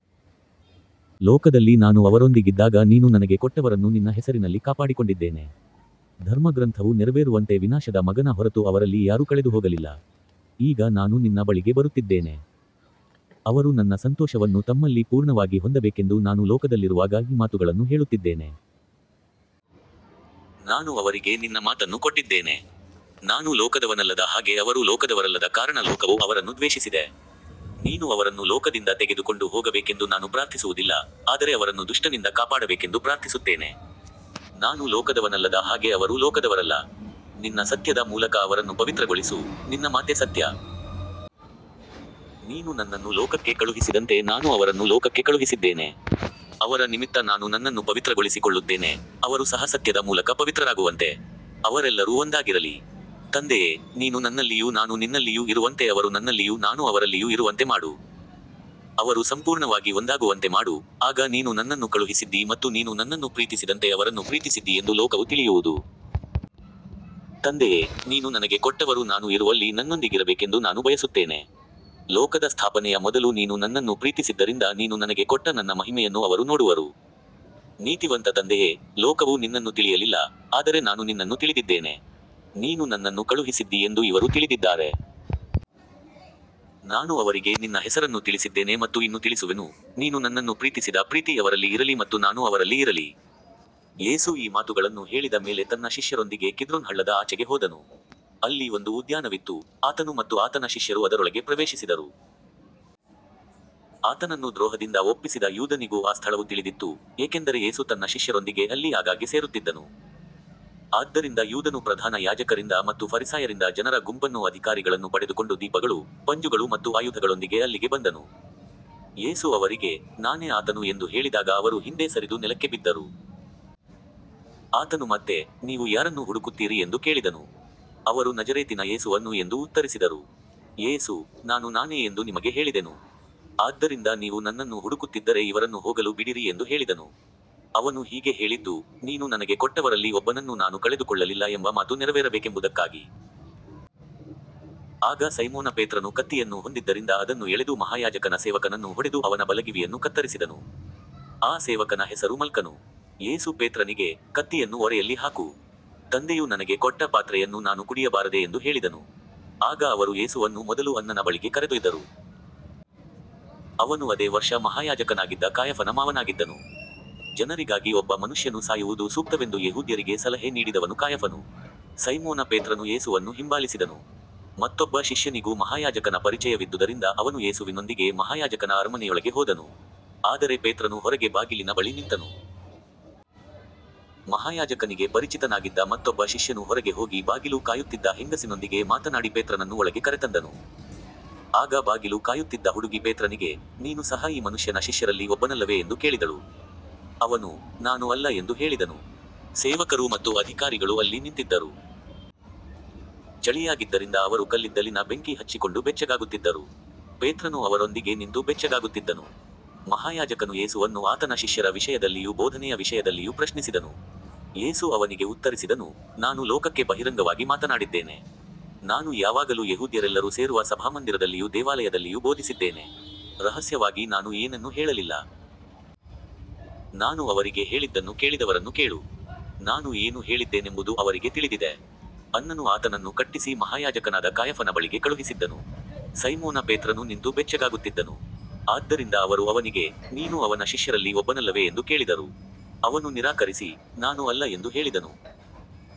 ಲೋಕದಲ್ಲಿ ನಾನು ಅವರೊಂದಿಗಿದ್ದಾಗ ನೀನು ನನಗೆ ಕೊಟ್ಟವರನ್ನು ನಿನ್ನ ಹೆಸರಿನಲ್ಲಿ ಕಾಪಾಡಿಕೊಂಡಿದ್ದೇನೆ. ಧರ್ಮಗ್ರಂಥವು ನೆರವೇರುವಂತೆ ವಿನಾಶದ ಮಗನ ಹೊರತು ಅವರಲ್ಲಿ ಯಾರೂ ಕಳೆದುಹೋಗಲಿಲ್ಲ. ಈಗ ನಾನು ನಿನ್ನ ಬಳಿಗೆ ಬರುತ್ತಿದ್ದೇನೆ. ಅವರು ನನ್ನ ಸಂತೋಷವನ್ನು ತಮ್ಮಲ್ಲಿ ಪೂರ್ಣವಾಗಿ ಹೊಂದಬೇಕೆಂದು ನಾನು ಲೋಕದಲ್ಲಿರುವಾಗ ಈ ಮಾತುಗಳನ್ನು ಹೇಳುತ್ತಿದ್ದೇನೆ. ನಾನು ಅವರಿಗೆ ನಿನ್ನ ಮಾತನ್ನು ಕೊಟ್ಟಿದ್ದೇನೆ. ನಾನು ಲೋಕದವನಲ್ಲದ ಹಾಗೆ ಅವರೂ ಲೋಕದವರಲ್ಲದ ಕಾರಣ ಲೋಕವು ಅವರನ್ನು ದ್ವೇಷಿಸಿದೆ. ನೀನು ಅವರನ್ನು ಲೋಕದಿಂದ ತೆಗೆದುಕೊಂಡು ಹೋಗಬೇಕೆಂದು ನಾನು ಪ್ರಾರ್ಥಿಸುವುದಿಲ್ಲ, ಆದರೆ ಅವರನ್ನು ದುಷ್ಟನಿಂದ ಕಾಪಾಡಬೇಕೆಂದು ಪ್ರಾರ್ಥಿಸುತ್ತೇನೆ. ನಾನು ಲೋಕದವನಲ್ಲದ ಹಾಗೆ ಅವರೂ ಲೋಕದವರಲ್ಲ. ನಿನ್ನ ಸತ್ಯದ ಮೂಲಕ ಅವರನ್ನು ಪವಿತ್ರಗೊಳಿಸು, ನಿನ್ನ ಮಾತೇ ಸತ್ಯ. ನೀನು ನನ್ನನ್ನು ಲೋಕಕ್ಕೆ ಕಳುಹಿಸಿದಂತೆ ನಾನೂ ಅವರನ್ನು ಲೋಕಕ್ಕೆ ಕಳುಹಿಸಿದ್ದೇನೆ. ಅವರ ನಿಮಿತ್ತ ನಾನು ನನ್ನನ್ನು ಪವಿತ್ರಗೊಳಿಸಿಕೊಳ್ಳುತ್ತೇನೆ, ಅವರು ಸಹ ಸತ್ಯದ ಮೂಲಕ ಪವಿತ್ರರಾಗುವಂತೆ. ಅವರೆಲ್ಲರೂ ಒಂದಾಗಿರಲಿ. ತಂದೆಯೇ, ನೀನು ನನ್ನಲ್ಲಿಯೂ ನಾನು ನಿನ್ನಲ್ಲಿಯೂ ಇರುವಂತೆ ಅವರು ನನ್ನಲ್ಲಿಯೂ ನಾನೂ ಅವರಲ್ಲಿಯೂ ಇರುವಂತೆ ಮಾಡು. ಅವರು ಸಂಪೂರ್ಣವಾಗಿ ಒಂದಾಗುವಂತೆ ಮಾಡು, ಆಗ ನೀನು ನನ್ನನ್ನು ಕಳುಹಿಸಿದ್ದೀ ಮತ್ತು ನೀನು ನನ್ನನ್ನು ಪ್ರೀತಿಸಿದಂತೆ ಅವರನ್ನು ಪ್ರೀತಿಸಿದ್ದೀ ಎಂದು ಲೋಕವು ತಿಳಿಯುವುದು. ತಂದೆಯೇ, ನೀನು ನನಗೆ ಕೊಟ್ಟವರು ನಾನು ಇರುವಲ್ಲಿ ನನ್ನೊಂದಿಗಿರಬೇಕೆಂದು ನಾನು ಬಯಸುತ್ತೇನೆ. ಲೋಕದ ಸ್ಥಾಪನೆಯ ಮೊದಲು ನೀನು ನನ್ನನ್ನು ಪ್ರೀತಿಸಿದ್ದರಿಂದ ನೀನು ನನಗೆ ಕೊಟ್ಟ ನನ್ನ ಮಹಿಮೆಯನ್ನು ಅವರು ನೋಡುವರು. ನೀತಿವಂತ ತಂದೆಯೇ, ಲೋಕವು ನಿನ್ನನ್ನು ತಿಳಿಯಲಿಲ್ಲ, ಆದರೆ ನಾನು ನಿನ್ನನ್ನು ತಿಳಿದಿದ್ದೇನೆ. ನೀನು ನನ್ನನ್ನು ಕಳುಹಿಸಿದ್ದೀ ಎಂದು ಇವರೂ ತಿಳಿದಿದ್ದಾರೆ. ನಾನು ಅವರಿಗೆ ನಿನ್ನ ಹೆಸರನ್ನು ತಿಳಿಸಿದ್ದೇನೆ ಮತ್ತು ಇನ್ನು ತಿಳಿಸುವೆನು, ನೀನು ನನ್ನನ್ನು ಪ್ರೀತಿಸಿದ ಪ್ರೀತಿ ಅವರಲ್ಲಿ ಇರಲಿ ಮತ್ತು ನಾನೂ ಅವರಲ್ಲಿ ಇರಲಿ. ಯೇಸು ಈ ಮಾತುಗಳನ್ನು ಹೇಳಿದ ಮೇಲೆ ತನ್ನ ಶಿಷ್ಯರೊಂದಿಗೆ ಕಿದ್ರೋನ್ ಹಳ್ಳದ ಆಚೆಗೆ ಹೋದನು. ಅಲ್ಲಿ ಒಂದು ಉದ್ಯಾನವಿತ್ತು, ಆತನು ಮತ್ತು ಆತನ ಶಿಷ್ಯರು ಅದರೊಳಗೆ ಪ್ರವೇಶಿಸಿದರು. ಆತನನ್ನು ದ್ರೋಹದಿಂದ ಒಪ್ಪಿಸಿದ ಯೂದನಿಗೂ ಆ ಸ್ಥಳವು ತಿಳಿದಿತ್ತು, ಏಕೆಂದರೆ ಯೇಸು ತನ್ನ ಶಿಷ್ಯರೊಂದಿಗೆ ಅಲ್ಲಿ ಆಗಾಗ್ಗೆ ಸೇರುತ್ತಿದ್ದನು. ಆದ್ದರಿಂದ ಯೂದನು ಪ್ರಧಾನ ಯಾಜಕರಿಂದ ಮತ್ತು ಫರಿಸಾಯರಿಂದ ಜನರ ಗುಂಪನ್ನೂ ಅಧಿಕಾರಿಗಳನ್ನೂ ಪಡೆದುಕೊಂಡು ದೀಪಗಳು, ಪಂಜುಗಳು ಮತ್ತು ಆಯುಧಗಳೊಂದಿಗೆ ಅಲ್ಲಿಗೆ ಬಂದನು. ಯೇಸು ಅವರಿಗೆ, ನಾನೇ ಆತನು ಎಂದು ಹೇಳಿದಾಗ ಅವರು ಹಿಂದೆ ಸರಿದು ನೆಲಕ್ಕೆ ಬಿದ್ದರು. ಆತನು ಮತ್ತೆ, ನೀವು ಯಾರನ್ನು ಹುಡುಕುತ್ತೀರಿ ಎಂದು ಕೇಳಿದನು. ಅವರು ನಜರೇತಿನ ಯೇಸುವನ್ನು ಎಂದು ಉತ್ತರಿಸಿದರು. ಯೇಸು, ನಾನು ನಾನೇ ಎಂದು ನಿಮಗೆ ಹೇಳಿದೆನು. ಆದ್ದರಿಂದ ನೀವು ನನ್ನನ್ನು ಹುಡುಕುತ್ತಿದ್ದರೆ ಇವರನ್ನು ಹೋಗಲು ಬಿಡಿರಿ ಎಂದು ಹೇಳಿದನು. ಅವನು ಹೀಗೆ ಹೇಳಿದ್ದು, ನೀನು ನನಗೆ ಕೊಟ್ಟವರಲ್ಲಿ ಒಬ್ಬನನ್ನೂ ನಾನು ಕಳೆದುಕೊಳ್ಳಲಿಲ್ಲ ಎಂಬ ಮಾತು ನೆರವೇರಬೇಕೆಂಬುದಕ್ಕಾಗಿ. ಆಗ ಸೈಮೋನ ಪೇತ್ರನು ಕತ್ತಿಯನ್ನು ಹೊಂದಿದ್ದರಿಂದ ಅದನ್ನು ಎಳೆದು ಮಹಾಯಾಜಕನ ಸೇವಕನನ್ನು ಹೊಡೆದು ಅವನ ಬಲಗಿವಿಯನ್ನು ಕತ್ತರಿಸಿದನು. ಆ ಸೇವಕನ ಹೆಸರು ಮಲ್ಕನು. ಯೇಸು ಪೇತ್ರನಿಗೆ, ಕತ್ತಿಯನ್ನು ಒರೆಯಲ್ಲಿ ಹಾಕು. ತಂದೆಯು ನನಗೆ ಕೊಟ್ಟ ಪಾತ್ರೆಯನ್ನು ನಾನು ಕುಡಿಯಬಾರದೇ ಎಂದು ಹೇಳಿದನು. ಆಗ ಅವರು ಯೇಸುವನ್ನು ಮೊದಲು ಅನ್ನನ ಬಳಿಗೆ ಕರೆದೊಯ್ದರು. ಅವನು ಅದೇ ವರ್ಷ ಮಹಾಯಾಜಕನಾಗಿದ್ದ ಕಾಯಫನ ಮಾವನಾಗಿದ್ದನು. ಜನರಿಗಾಗಿ ಒಬ್ಬ ಮನುಷ್ಯನು ಸಾಯುವುದು ಸೂಕ್ತವೆಂದು ಯೆಹೂದ್ಯರಿಗೆ ಸಲಹೆ ನೀಡಿದವನು ಕಾಯಫನು. ಸೈಮೋನ ಪೇತ್ರನು ಯೇಸುವನ್ನು ಹಿಂಬಾಲಿಸಿದನು. ಮತ್ತೊಬ್ಬ ಶಿಷ್ಯನಿಗೂ ಮಹಾಯಾಜಕನ ಪರಿಚಯವಿದ್ದುದರಿಂದ ಅವನು ಯೇಸುವಿನೊಂದಿಗೆ ಮಹಾಯಾಜಕನ ಅರಮನೆಯೊಳಗೆ ಹೋದನು. ಆದರೆ ಪೇತ್ರನು ಹೊರಗೆ ಬಾಗಿಲಿನ ಬಳಿ ನಿಂತನು. ಮಹಾಯಾಜಕನಿಗೆ ಪರಿಚಿತನಾಗಿದ್ದ ಮತ್ತೊಬ್ಬ ಶಿಷ್ಯನು ಹೊರಗೆ ಹೋಗಿ ಬಾಗಿಲು ಕಾಯುತ್ತಿದ್ದ ಹೆಂಗಸಿನೊಂದಿಗೆ ಮಾತನಾಡಿ ಪೇತ್ರನನ್ನು ಒಳಗೆ ಕರೆತಂದನು. ಆಗ ಬಾಗಿಲು ಕಾಯುತ್ತಿದ್ದ ಹುಡುಗಿ ಪೇತ್ರನಿಗೆ, ನೀನು ಸಹ ಈ ಮನುಷ್ಯನ ಶಿಷ್ಯರಲ್ಲಿ ಒಬ್ಬನಲ್ಲವೇ ಎಂದು ಕೇಳಿದಳು. ಅವನು, ನಾನು ಅಲ್ಲ ಎಂದು ಹೇಳಿದನು. ಸೇವಕರು ಮತ್ತು ಅಧಿಕಾರಿಗಳು ಅಲ್ಲಿ ನಿಂತಿದ್ದರು. ಚಳಿಯಾಗಿದ್ದರಿಂದ ಅವರು ಕಲ್ಲಿದ್ದಲಿನ ಬೆಂಕಿ ಹಚ್ಚಿಕೊಂಡು ಬೆಚ್ಚಗಾಗುತ್ತಿದ್ದರು. ಪೇತ್ರನೂ ಅವರೊಂದಿಗೆ ನಿಂತು ಬೆಚ್ಚಗಾಗುತ್ತಿದ್ದನು. ಮಹಾಯಾಜಕನು ಯೇಸುವನ್ನು ಆತನ ಶಿಷ್ಯರ ವಿಷಯದಲ್ಲಿಯೂ ಬೋಧನೆಯ ವಿಷಯದಲ್ಲಿಯೂ ಪ್ರಶ್ನಿಸಿದನು. ಯೇಸು ಅವನಿಗೆ ಉತ್ತರಿಸಿದನು, ನಾನು ಲೋಕಕ್ಕೆ ಬಹಿರಂಗವಾಗಿ ಮಾತನಾಡಿದ್ದೇನೆ. ನಾನು ಯಾವಾಗಲೂ ಯೆಹೂದ್ಯರೆಲ್ಲರೂ ಸೇರುವ ಸಭಾಮಂದಿರದಲ್ಲಿಯೂ ದೇವಾಲಯದಲ್ಲಿಯೂ ಬೋಧಿಸಿದ್ದೇನೆ. ರಹಸ್ಯವಾಗಿ ನಾನು ಏನನ್ನೂ ಹೇಳಲಿಲ್ಲ. ನಾನು ಅವರಿಗೆ ಹೇಳಿದ್ದನ್ನು ಕೇಳಿದವರನ್ನು ಕೇಳು. ನಾನು ಏನು ಹೇಳಿದ್ದೇನೆಂಬುದು ಅವರಿಗೆ ತಿಳಿದಿದೆ. ಅನ್ನನು ಆತನನ್ನು ಕಟ್ಟಿಸಿ ಮಹಾಯಾಜಕನಾದ ಕಾಯಫನ ಬಳಿಗೆ ಕಳುಹಿಸಿದ್ದನು. ಸೈಮೋನ ಪೇತ್ರನು ನಿಂತು ಬೆಚ್ಚಗಾಗುತ್ತಿದ್ದನು. ಆದ್ದರಿಂದ ಅವರು ಅವನಿಗೆ, ನೀನೂ ಅವನ ಶಿಷ್ಯರಲ್ಲಿ ಒಬ್ಬನಲ್ಲವೇ ಎಂದು ಕೇಳಿದರು. ಅವನು ನಿರಾಕರಿಸಿ, ನಾನು ಅಲ್ಲ ಎಂದು ಹೇಳಿದನು.